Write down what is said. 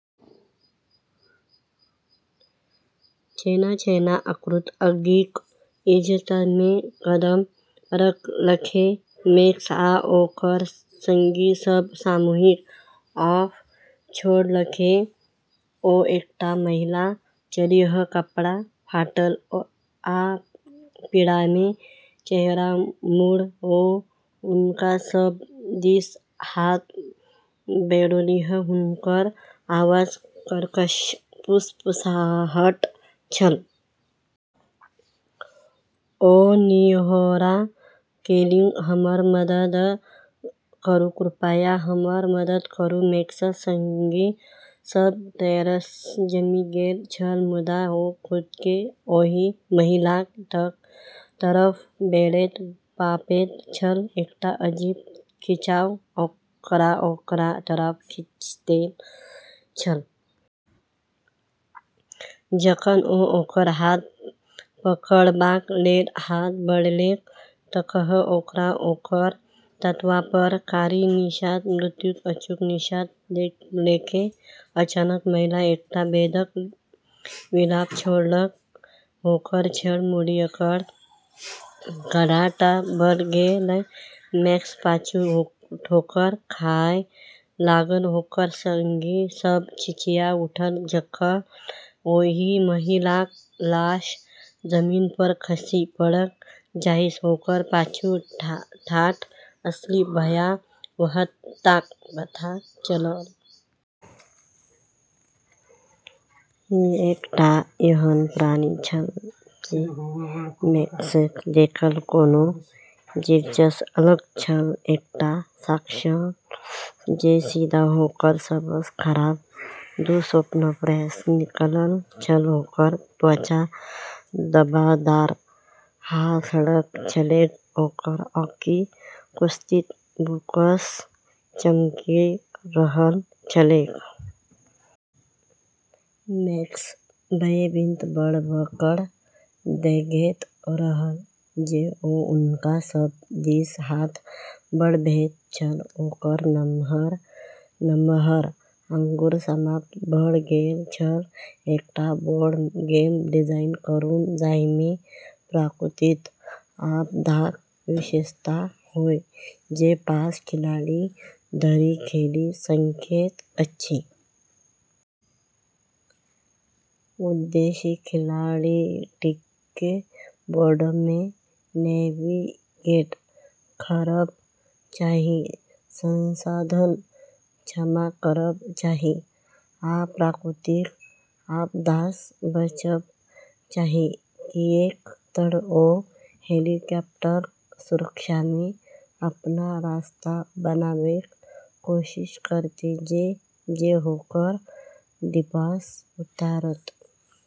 जेना-जेना आकृति आगिक इजोतमे कदम रखलकै, मैक्स आ ओकर संगी सभ सामूहिक हाँफ छोड़लकै। ओ एकटा महिला छलीह, कपड़ा फाटल आ पीड़ामे चेहरा मुड़ल। ओ हुनका सभ दिस हाथ बढ़ौलीह, हुनकर आवाज कर्कश फुसफुसाहट छल। ओ निहोरा केलनि, "हमर मदद करू, कृपया, हमर मदद करू।" मैक्सक संगी सभ डरसँ जमि गेल छल, मुदा ओ खुदकेँ ओहि महिलाक तरफ बढ़ैत पाबैत छल, एकटा अजीब खिंचाव ओकरा ओकरा तरफ खींचैत छल। जखन ओ ओकर हाथ पकड़बाक लेल हाथ बढ़ेलक तखन ओकरा ओकर त्वचापर कारी निशान, मृत्युक अचूक निशान देखलकै। अचानक महिला एकटा बेधक विलाप छोड़लक, ओकर चेहरा मुड़ि कऽ खर्राटा भऽ गेलै। मैक्स पाछू ठोकर खाय लागल, ओकर संगी सभ चिचिया उठल जखन ओहि महिलाक लाश जमीनपर खसि पड़ल, जाहिसँ ओकर पाछू ठाढ़ असली भयावहताक पता चलल। ई एकटा एहन प्राणी छल जे मैक्सक देखल कोनो चीजसँ अलग छल, एकटा राक्षस जे सीधा ओकर सबसँ खराब दुःस्वप्नसँ निकलल छल। ओकर त्वचा धब्बादार आ सड़ल छलैक, ओकर आँखि कुत्सित भूखसँ चमकि रहल छलैक। मैक्स भयभीत भऽ कऽ देखैत रहल जे ओ हुनका सभ दिस हाथ बढ़बैत छल, ओकर नमहर-नम्हर आँगुर समाप्त भऽ गेल छल। एकटा बोर्ड गेम डिजाइन करू, जाहिमे प्राकृतिक आपदाक विशेषता होय, जे पाँच खिलाड़ी धरि खेलि सकैत अछि। उद्देश्य: खिलाड़ीकेँ बोर्डमे नेविगेट करब चाहि, संसाधन जमा करब चाहि, आ प्राकृतिक आपदासँ बचब चाहि, किऐक तऽ ओ हेलीकॉप्टरक सुरक्षामे अपन रास्ता बनाबैक कोशिश करैत छै जे ओकरा द्वीपसँ उतारत।